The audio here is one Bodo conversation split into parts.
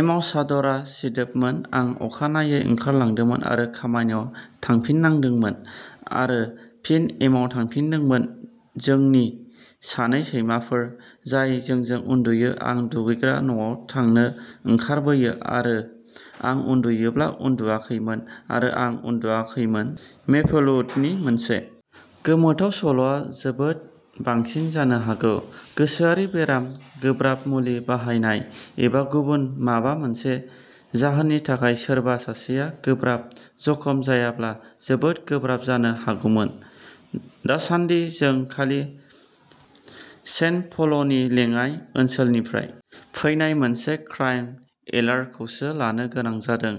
एमाव चादरा सिदोबमोन आं अखानायै ओंखारलांदोंमोन आरो खामानियाव थांफिननांदोंमोन आरो फिन एमाव थांफिनदोंमोन जोंनि सानै सैमाफोर जाय जोंजों उन्दुयो आं दुगैग्रा न'आव थांनो ओंखारबोयो आरो आं उन्दुयोब्ला उन्दुवाखैमोन आरो आं उन्दुयाखैमोन मेपलवुडनि मोनसे गोमोथाव सल'आ जोबोद बांसिन जानो हागौ गोसोआरि बेराम गोब्राब मुलि बाहायनाय एबा गुबुन माबा मोनसे जाहोननि थाखाय सोरबा सासेआ गोब्राब जखम जायाब्ला जोबोद गोब्राब जानो हागौमोन दासानदि जों खालि सेन्ट पलनि लेङाइ ओनसोलनिफ्राय फैनाय मोनसे क्राइम एलार्टखौसो लानो गोनां जादों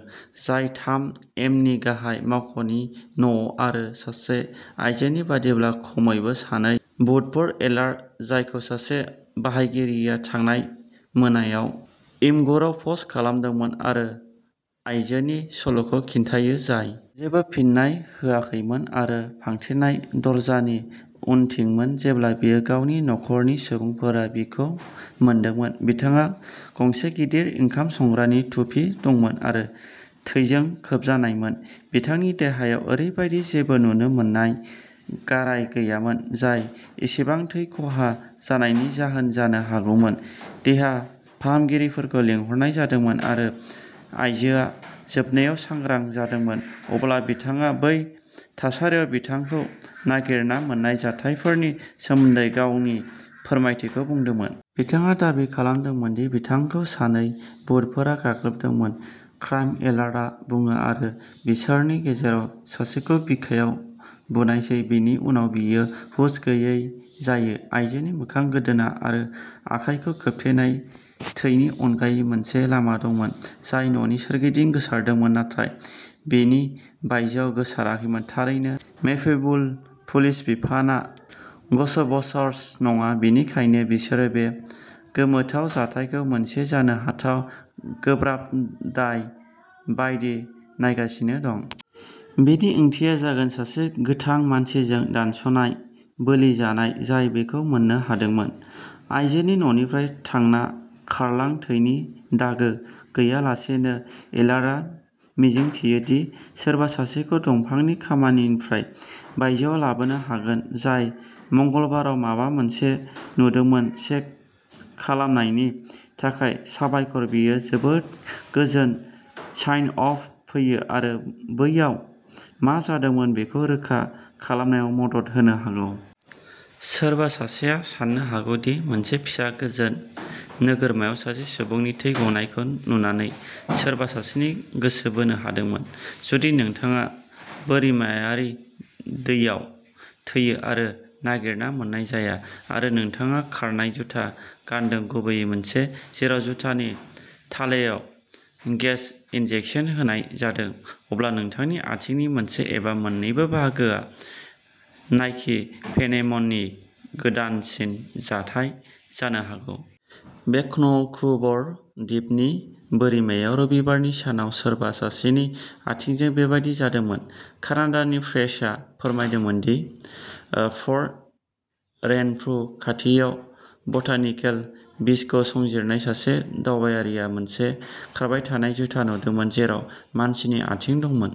जाय थाम एमनि गाहाय मावख'नि न'आरो सासे आइजोनि बायदिब्ला खमैबो सानै भुतफोर एलार्ट जायखौ सासे बाहायगिरिया थांनाय मोनायाव इमगुरआव पस्ट खालामदोंमोन सासे आयजोनि सल'खौ खिन्थायो जाय जेबो फिन्नाय होआखैमोन आरो फांथेनाय दरजानि उनथिंमोन जेब्ला बियो गावनि नखरनि सुबुंफोरा बिखौ मोनदोंमोन बिथांहा गंसे गिदिर ओंखाम संग्रानि थुफि दंमोन आरो थैजों खोबजानायमोन बिथांनि देहायाव ओरैबायदि जेबो नुनो मोननाय गाराय गैयामोन जाय एसेबां थै खहा जानायनि जाहोन जानो हागौमोन देहा फाहामगिरिफोरखौ लिंहरनाय जादोंमोन आरो आइजोआ जोबनायाव सांग्रां जादोंमोन अब्ला बिथाङा बै थासारियाव बिथांखौ नागिरना मोन्नाय जाथायफोरनि सोमोन्दै गावनि फोरमायथिखौ बुंदोंमोन। बिथाङा दाबि खालामदोंमोन दि बिथांखौ सानै भुत'फोरा गाग्लोबदोंमोन क्राइम एलार्टआ बुङो आरो बिसोरनि गेजेराव सासेखौ बिखायाव बुनायसै बिनि उनाव बियो हुस गैयै जायो आइजोनि मोखां गोदोना आरो आखाइखौ खोबथेनाय थैनि अनगायै मोनसे लामा दंमोन जाय न'नि सोरगिदिं गोसारदोंमोन नाथाय बेनि बायजोआव गोसाराखैमोन थारैनो मेपलवुड पुलिस बिफानआ घोस्टबसर्स नङा बेनिखायनो बिसोरो बे गोमोथाव जाथायखौ मोनसे जानो हाथाव गोब्राब दाय बायदि नायगासिनो दं। बेनि ओंथिया जागोन सासे गोथां मानसिजों दानस'नाय बोलि जानाय जाय बेखौ मोननो हादोंमोन। आयजोनि न'निफ्राय थांना खारलां थैनि दागो गैयालासेनो एलार्टआ मिजिंथियो दि सोरबा सासेखौ दंफांनि खामानिनिफ्राय बायजोआव लाबोनो हागोन जाय मंगलबाराव माबा मोनसे नुदोंमोन चेक खालामनायनि थाखाय साबायखर बेयो जोबोद गोजोन साइन अफ फैयो आरो बैयाव मा जादोंमोन बेखौ रोखा खालामनायाव मदद होनो हागौ। सोरबा सासेआ साननो हागौ दि मोनसे फिसा गोजोन नोगोरमायाव सासे सुबुंनि थै गनायखौ नुनानै सोरबा सासेनि गोसो बोनो हादोंमोन। जुदि नोंथाङा बोरिमायारि दैयाव थैयो आरो नागिरना मोन्नाय जाया आरो नोंथाङा खारनाय जुथा गानदों गुबैयै मोनसे जेराव जुथानि थालायाव गेस इनजेकसन होनाय जादों अब्ला नोंथांनि आथिंनि मोनसे एबा मोन्नैबो बाहागोआ नाइकि फेनेमन नि गोदानसिन जाथाय जानो हागौ। भेन्कुवर द्वीपनि बोरिमायाव रबिबारनि सानाव सोरबा सासेनि आथिंजों बेबादि जादोंमोन। कानाडानि प्रेसआ फोरमायदोंमोन दि पर्ट रेनफ्रु खाथियाव बटानिकेल बीचखौ संजिरनाय सासे दावबायारिआ मोनसे खारबाय थानाय जुथा नुदोंमोन जेराव मानसिनि आथिं दंमोन।